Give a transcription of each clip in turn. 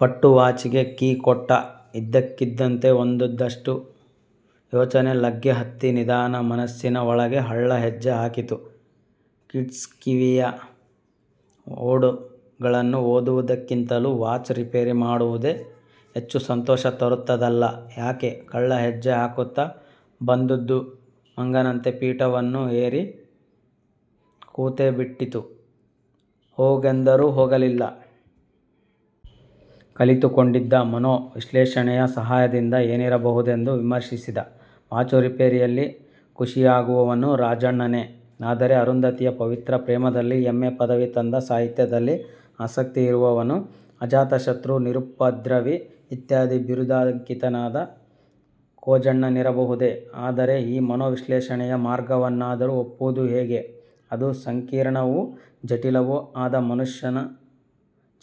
ಪಟ್ಟು ವಾಚಿಗೆ ಕೀ ಕೊಟ್ಟ. ಇದ್ದಕ್ಕಿದ್ದಂತೆ ಒಂದುದುಷ್ಟ ಯೋಚನೆ ಲಗ್ಗೆ ಹತ್ತಿ ನಿಧಾನ ಮನಸ್ಸಿನ ಒಳಗೆ ಕಳ್ಳ ಹೆಜ್ಜೆ ಹಾಕಿತು. "ಕೀಟ್ಸ್ಕವಿಯ 'ಓಡು'ಗಳನ್ನು ಓದುವುದಕ್ಕಿಂತಲೂ ವಾಚು ರಿಪೇರಿ ಮಾಡುವುದೇ ಹೆಚ್ಚು ಸಂತೋಷ ತರುತ್ತದಲ್ಲ, ಯಾಕೆ " ಕಳ್ಳ ಹೆಜ್ಜೆಹಾಕುತ್ತ ಬಂದುದು ಮಂಗನಂತೆ ಪೀಠವನ್ನೂ ಏರಿ ಕೂತೇಬಿಟ್ಟಿತು. ಹೋಗೆಂದರೂ ಹೋಗಲಿಲ್ಲ. ಕಲಿತುಕೊಂಡಿದ್ದ ಮನೋ ವಿಶ್ಲೇಷಣೆಯ ಸಹಾಯದಿಂದ ಏನಿರಬಹುದೆಂದು ವಿಮರ್ಶಿಸಿದ. "ವಾಚು ರಿಪೇರಿಯಲ್ಲಿ ಖುಷಿಯಾಗುವವನು ರಾಜಣ್ಣನೆ? ಆದರೆ ಅರುಂಧತಿಯ ಪವಿತ್ರ ಪ್ರೇಮದಲ್ಲಿ ಎಂ. ಎ. ಪದವಿ ತಂದ ಸಾಹಿತ್ಯದಲ್ಲಿ, ಆಸಕ್ತಿ ಇರುವವನು, ಅಜಾತಶತ್ರು, ನಿರುಪದ್ರವಿಇತ್ಯಾದಿ ಬಿರುದಾಂಕಿತನಾದ ಖೋಜಣ್ಣನಿರಬಹುದೆ?" ಆದರೆ ಈ ಮನೋವಿಶ್ಲೇಷಣೆಯ ಮಾರ್ಗವನ್ನಾದರೂ ಒಪ್ಪುವುದು ಹೇಗೆ? ಅದು ಸಂಕೀರ್ಣವೂ ಜಟಿಲವೂ ಆದ ಮನುಷ್ಯ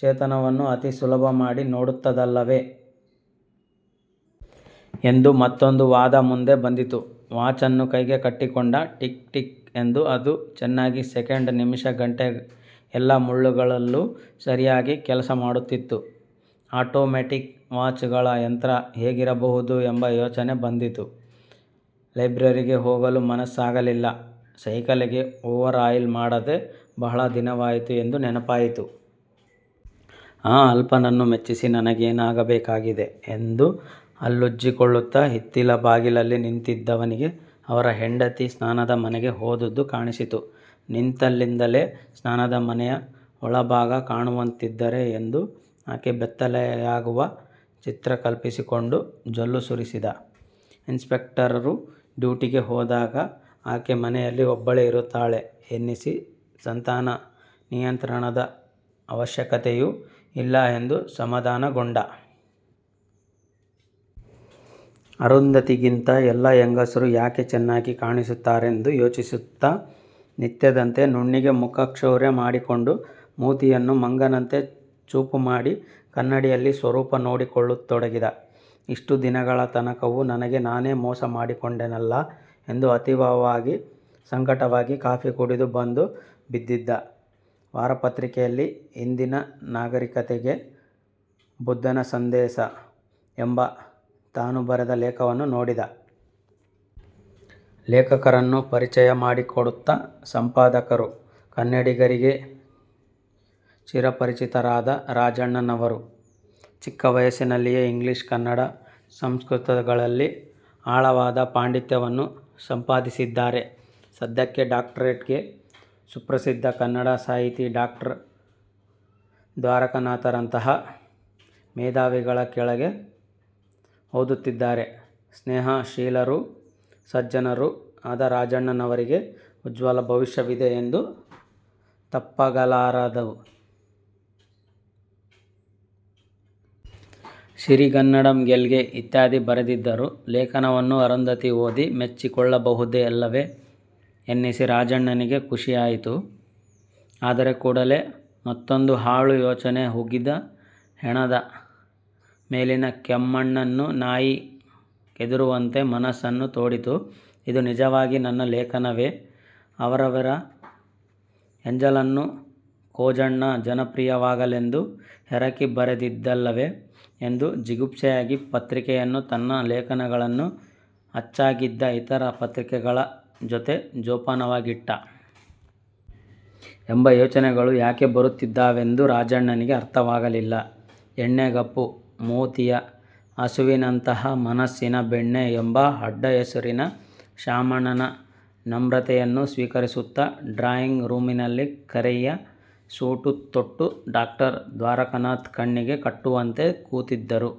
ಚೇತನವನ್ನು ಅತಿ ಸುಲಭ ಮಾಡಿ ನೋಡುತ್ತದಲ್ಲವೆ? – ಎಂದು ಮತ್ತೊಂದು ವಾದ ಮುಂದೆ ಬಂದಿತು. ವಾಚನ್ನು ಕೈಗೆ ಕಟ್ಟಿಕೊಂಡ. 'ಟಿಕ್ ಟಿಕ್' ಎಂದು ಅದು ಚೆನ್ನಾಗಿ ಸೆಕೆಂಡು ನಿಮಿಷ ಗಂಟೆ ಎಲ್ಲ ಮುಳ್ಳುಗಳಲ್ಲೂ ಸರಿಯಾಗಿ ಕೆಲಸಮಾಡುತ್ತಿತ್ತು. ಆಟೋ ಮ್ಯಾಟಿಕ್ ವಾಚುಗಳ ಯಂತ್ರ ಹೇಗಿರಬಹುದು ಎಂಬ ಯೋಚನೆ ಬಂದಿತು. ಲೈಬ್ರರಿಗೆ ಹೋಗಲು ಮನಸ್ಸಾಗಲಿಲ್ಲ. ಸೈಕಲ್ಲಿಗೆ ಓವರ್ ಆಯಿಲ್ ಮಾಡದೆ ಬಹಳ ದಿನವಾಯಿತು ಎಂದು ನೆನಪಾಯಿತು. ಆ ಅಲ್ಪನನ್ನು ಮೆಚ್ಚಿಸಿ ನನಗೇನಾಗಬೇಕಾಗಿದೆ ಎಂದು ಹಲ್ಲುಜ್ಜಿಕೊಳ್ಳುತ್ತ ಹಿತ್ತಿಲ ಬಾಗಲಲ್ಲಿ ನಿಂತಿದ್ದವನಿಗೆ ಅವರ ಹೆಂಡತಿ ಸ್ನಾನದ ಮನೆಗೆ ಹೋದುದು ಕಾಣಿಸಿತು. ನಿಂತಲ್ಲಿಂದಲೇ ಸ್ನಾನದ ಮನೆಯ ಒಳಭಾಗ ಕಾಣುವಂತಿದ್ದರೆ ಎಂದು ಆಕೆ ಬೆತ್ತಲೆಯಾಗುವ ಚಿತ್ರ ಕಲ್ಪಿಸಿಕೊಂಡು ಜೊಲ್ಲು ಸುರಿಸಿದ. ಇನ್ಸ್ಪೆಕ್ಟರರು ಡ್ಯೂಟಿಗೆ ಹೋದಾಗ ಆಕೆ ಮನೆಯಲ್ಲಿ ಒಬ್ಬಳೇ ಇರುತ್ತಾಳೆ ಎನ್ನಿಸಿ ಸಂತಾನ ನಿಯಂತ್ರಣದ ಅವಶ್ಯಕತೆಯೂ ಇಲ್ಲ ಎಂದು ಸಮಾಧಾನಗೊಂಡ. ಅರುಂಧತಿಗಿಂತ ಎಲ್ಲ ಹೆಂಗಸರೂ ಯಾಕೆ ಚೆನ್ನಾಗಿ ಕಾಣಿಸುತ್ತಾರೆಂದು ಯೋಚಿಸುತ್ತ ನಿತ್ಯದಂತೆ ನುಣ್ಣಗೆ ಮುಖಕ್ಷೌರ ಮಾಡಿಕೊಂಡು. ಮೂತಿಯನ್ನು ಮಂಗನಂತೆ ಚೂಪುಮಾಡಿ ಕನ್ನಡಿಯಲ್ಲಿ ಸ್ವರೂಪ ನೋಡಿಕೊಳ್ಳತೊಡಗಿದ ಇಷ್ಟು ದಿನಗಳ ತನಕವೂ ನನಗೆ ನಾನೇ ಮೋಸ ಮಾಡಿಕೊಂಡೆನಲ್ಲಾ ಎಂದು ಅತೀವವಾಗಿ ಸಂಕಟವಾಗಿ ಕಾಫಿ ಕುಡಿದು ಬಂದು ಬಿದ್ದಿದ್ದ ವಾರಪತ್ರಿಕೆಯಲ್ಲಿ 'ಇಂದಿನ ನಾಗರಿಕತೆಗೆ ಬುದ್ಧನ ಸಂದೇಸ' ಎಂಬ ತಾನು ಬರೆದ ಲೇಖವನ್ನು ನೋಡಿದ. ಲೇಖಕರನ್ನು ಪರಿಚಯ ಮಾಡಿಕೊಡುತ್ತ ಸಂಪಾದಕರು, "ಕನ್ನಡಿಗರಿಗೆ ಚಿರಪರಿಚಿತರಾದ ರಾಜಣ್ಣನವರು ಚಿಕ್ಕ ವಯಸ್ಸಿನಲ್ಲಿಯೇ ಇಂಗ್ಲಿಷ್ ಕನ್ನಡ ಸಂಸ್ಕೃತಗಳಲ್ಲಿ ಆಳವಾದ ಪಾಂಡಿತ್ಯವನ್ನು ಸಂಪಾದಿಸಿದ್ದಾರೆ ಸದ್ಯಕ್ಕೆ ಡಾಕ್ಟರೇಟ್ಗೆ ಸುಪ್ರಸಿದ್ಧ ಕನ್ನಡ ಸಾಹಿತಿ ಡಾಕ್ಟರ್ ದ್ವಾರಕಾನಾಥರಂತಹ ಮೇಧಾವಿಗಳ ಕೆಳಗೆ ಓದುತ್ತಿದ್ದಾರೆ ಸ್ನೇಹಶೀಲರೂ ಸಜ್ಜನರೂ ಆದ ರಾಜಣ್ಣನವರಿಗೆ ಉಜ್ವಲ ಭವಿಷ್ಯವಿದೆ ಎಂದರೆ ತಪ್ಪಾಗಲಾರದು. ಸಿರಿಗನ್ನಡಂಗೆಲ್ಗೆ ' ಇತ್ಯಾದಿ ಬರೆದಿದ್ದರು. ಲೇಖನವನ್ನು ಅರುಂಧತಿ ಓದಿ ಮೆಚ್ಚಿ ಕೊಳ್ಳಬಹುದಲ್ಲವೆ ಎನ್ನಿಸಿ ರಾಜಣ್ಣನಿಗೆ ಖುಷಿಯಾಯಿತು. ಆದರೆ ಕೂಡಲೇ ಮತ್ತೊಂದು ಹಾಳು ಯೋಚನೆ ಹುಗಿದ ಹೆಣದ ಮೇಲಿನ ಕೆಮ್ಮಣ್ಣನ್ನು ನಾಯಿ ಕೆದರುವಂತೆ ಮನಸ್ಸನ್ನು ತೋಡಿತು. "ಇದು ನಿಜವಾಗಿ ನನ್ನ ಲೇಖನವೆ? ಅವರಿವರ ಎಂಜಲನ್ನು ಖೋಜಣ್ಣ ಜನಪ್ರಿಯವಾಗಲೆಂದು ಹೆರಕಿ ಬರೆದಿದ್ದಲ್ಲವೆ" ಎಂದು ಜಿಗುಪ್ಸೆಯಾಗಿ ಪತ್ರಿಕೆಯನ್ನು ತನ್ನ ಲೇಖನಗಳನ್ನು ಅಚ್ಚಾಗಿದ್ದ ಇತರ ಪತ್ರಿಕೆಗಳ ಜೊತೆ ಜೋಪಾನವಾಗಿಟ್ಟ. " ಎಂಬ ಯೋಚನೆಗಳು ಯಾಕೆ ಬರುತ್ತಿದ್ದಾವೆಂದು ರಾಜಣ್ಣನಿಗೆ ಅರ್ಥವಾಗಲಿಲ್ಲ. ಎಣ್ಣೆಗಪ್ಪು ಮೂತಿಯ ಹಸುವಿನಂತಹ ಮನಸ್ಸಿನ 'ಬೆಣ್ಣೆ' ಎಂಬ ಅಡ್ಡ ಹೆಸರಿನ ಶಾಮಣ್ಣನ ನಮ್ರತೆಯನ್ನು ಸ್ವೀಕರಿಸುತ್ತ ಡ್ರಾಯಿಂಗ್ ರೂಮಿನಲ್ಲಿ ಕರಿಯ ಸೂಟು ತೊಟ್ಟು ಡಾಕ್ಟರ್ ದ್ವಾರಕನಾಥ ಕಣ್ಣಿಗೆ ಕಟ್ಟುವಂತೆ ಕೂತಿದ್ದರು.